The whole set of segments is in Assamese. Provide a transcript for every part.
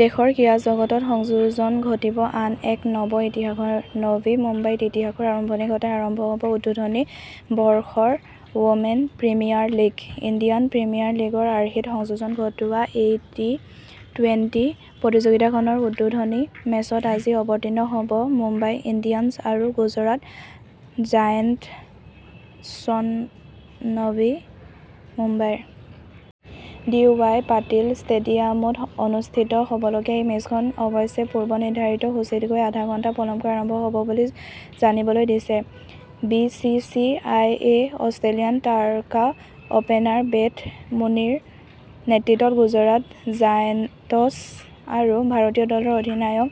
দেশৰ ক্ৰীড়াজগতত সংযোজন ঘটিব আন এক নব ইতিহাসৰ, নৱী মুম্বাইত ইতিহাসৰ আৰম্ভণি ঘটাই আৰম্ভ হ'ব উদ্বোধনী বৰ্ষৰ women premier league. Indian premier লীগৰ আৰ্হিত সংযোজন ঘটোৱা এই টি- টুৱেন্টি প্ৰতিযোগিতাখনৰ উদ্বোধনী মেচত আজি অৱতীৰ্ণ হ'ব মুম্বাই ইণ্ডিয়ানছ আৰু গুজৰাট জায়েন্টছনৱী মুম্বাইৰ। ডি ৱাই পাটিল ষ্টেডিয়ামত অনুষ্ঠিত হ'বলগীয়া এই মেচখন অৱশ্যে পূৰ্ব নিৰ্ধাৰিত সূচীতকৈ আধা ঘণ্টা পলমকৈ আৰম্ভ হ'ব বুলি জানিবলৈ দিছে ।বি চি চি আই এ অষ্ট্ৰেলিয়ান তাৰকা অপেনাৰ বেথ মুনীৰ নেতৃত্বত গুজৰাট জায়েণ্টছ আৰু ভাৰতীয় দলৰ অধিনায়ক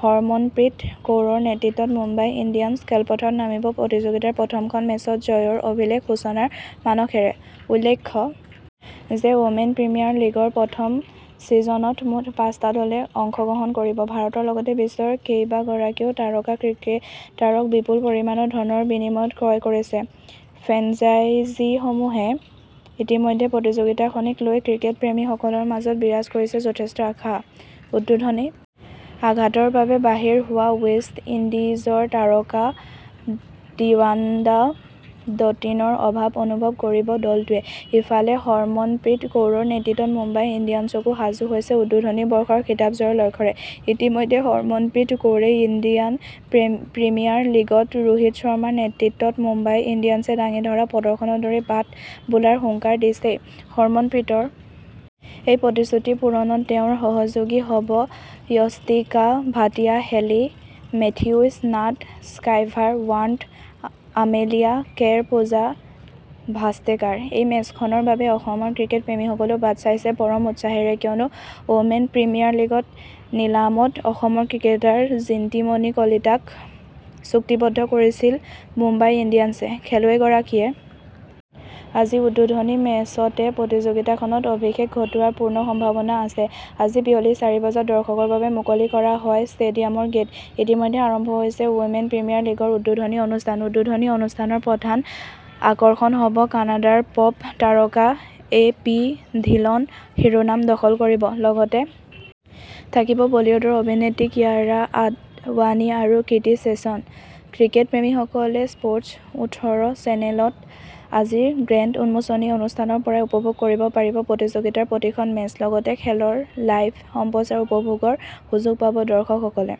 হৰমনপ্ৰীত কৌৰৰ নেতৃত্বত মুম্বাই ইণ্ডিয়ানছ খেলপথাৰত নামিব প্ৰতিযোগিতাৰ প্ৰথমখন মেচত জয়ৰ অভিলেখ সূচনাৰ মানসেৰে। উল্লেখ্য যে ৱমেন প্ৰিমিয়াৰ লীগৰ প্ৰথম ছিজনত মুঠ পাঁচটা দলে অংশ গ্ৰহণ কৰিব। ভাৰতৰ লগতে বিশ্বৰ কেইবাগৰাকীও তাৰকা ক্ৰিকেটাৰক বিপুল পৰিমাণৰ ধনৰ বিনিময়ত ক্ৰয় কৰিছে। ফ্ৰেঞ্চাইজিসমূহে ইতিমধ্যে প্ৰতিযোগিতাখনিক লৈ ক্ৰিকেট প্ৰেমীসকলৰ মাজত বিৰাজ কৰিছে যথেষ্ট আশা। উদ্বোধনী আঘাতৰ বাবে বাহিৰ হোৱা ৱেষ্ট ইণ্ডিজৰ তাৰকা ডিয়াণ্ড্ৰা ডটিনৰ অভাৱ অনুভৱ কৰিব দলটোৱে ।ইফালে হৰমনপ্ৰীত কৌৰৰ নেতৃত্বত মুম্বাই ইণ্ডিয়ানছো সাজু হৈছে উদ্বোধনী বৰ্ষৰ খিতাপ জয়ৰ লক্ষ্যৰে। ইতিমধ্যে হৰমনপ্ৰীত কৌৰে ইণ্ডিয়ান প্ৰিমিয়াৰ লীগত ৰোহিত শৰ্মাৰ নেতৃত্বত মুম্বাই ইণ্ডিয়ানছে দাঙি ধৰা প্ৰদৰ্শনৰ দৰেই বাট বুলাৰ হুংকাৰ দিছেই। হৰমনপ্ৰীতৰ এই প্ৰতিশ্ৰুতি পূৰণত তেওঁৰ সহযোগী হ'ব য়স্তিকা ভাটিয়া হেলি মেথিউছ নাট স্কাইভাৰ ব্ৰাণ্ট আমেলিয়া কেৰ পূজা ভাষ্ট্ৰেকাৰ। এই মেচখনৰ বাবে অসমৰ ক্ৰিকেট প্ৰেমীসকলেও বাট চাইছে পৰম উৎসাহেৰে, কিয়নো ৱমেন প্ৰিমিয়াৰ লীগৰ নিলামত অসমৰ ক্ৰিকেটাৰ জিণ্টিমণি কলিতাক চুক্তিবদ্ধ কৰিছিল মুম্বাই ইণ্ডিয়ানছে ।খেলুৱৈগৰাকীয়ে আজি উদ্বোধনী মেচতে প্ৰতিযোগিতাখনত অভিষেক ঘটোৱাৰ পূৰ্ণ সম্ভাৱনা আছে। আজি বিয়লি চাৰি বজাত দৰ্শকৰ বাবে মুকলি কৰা হয় ষ্টেডিয়ামৰ গেট। ইতিমধ্যে আৰম্ভ হৈছে ৱমেন প্ৰিমিয়াৰ লীগৰ উদ্বোধনী অনুষ্ঠান। উদ্বোধনী অনুষ্ঠানৰ প্ৰধান আকৰ্ষণ হ'ব কানাডাৰ পপ তাৰকা এ পি ধিলন শিৰোনাম দখল কৰিব। লগতে থাকিব বলীউডৰ অভিনেত্ৰী কিয়াৰা আদৱানী আৰু কৃতি শ্বেননক্ৰিকেট প্ৰেমীসকলে স্প্টছ ওঠৰ চেনেলত আজিৰ গ্ৰেণ্ড উন্মোচনী অনুষ্ঠানৰ পৰাই উপভোগ কৰিব পাৰিব প্ৰতিযোগিতাৰ প্ৰতিখন মেচ। লগতে খেলৰ লাইভ সম্প্ৰচাৰ উপভোগৰ সুযোগ পাব দৰ্শকসকলে।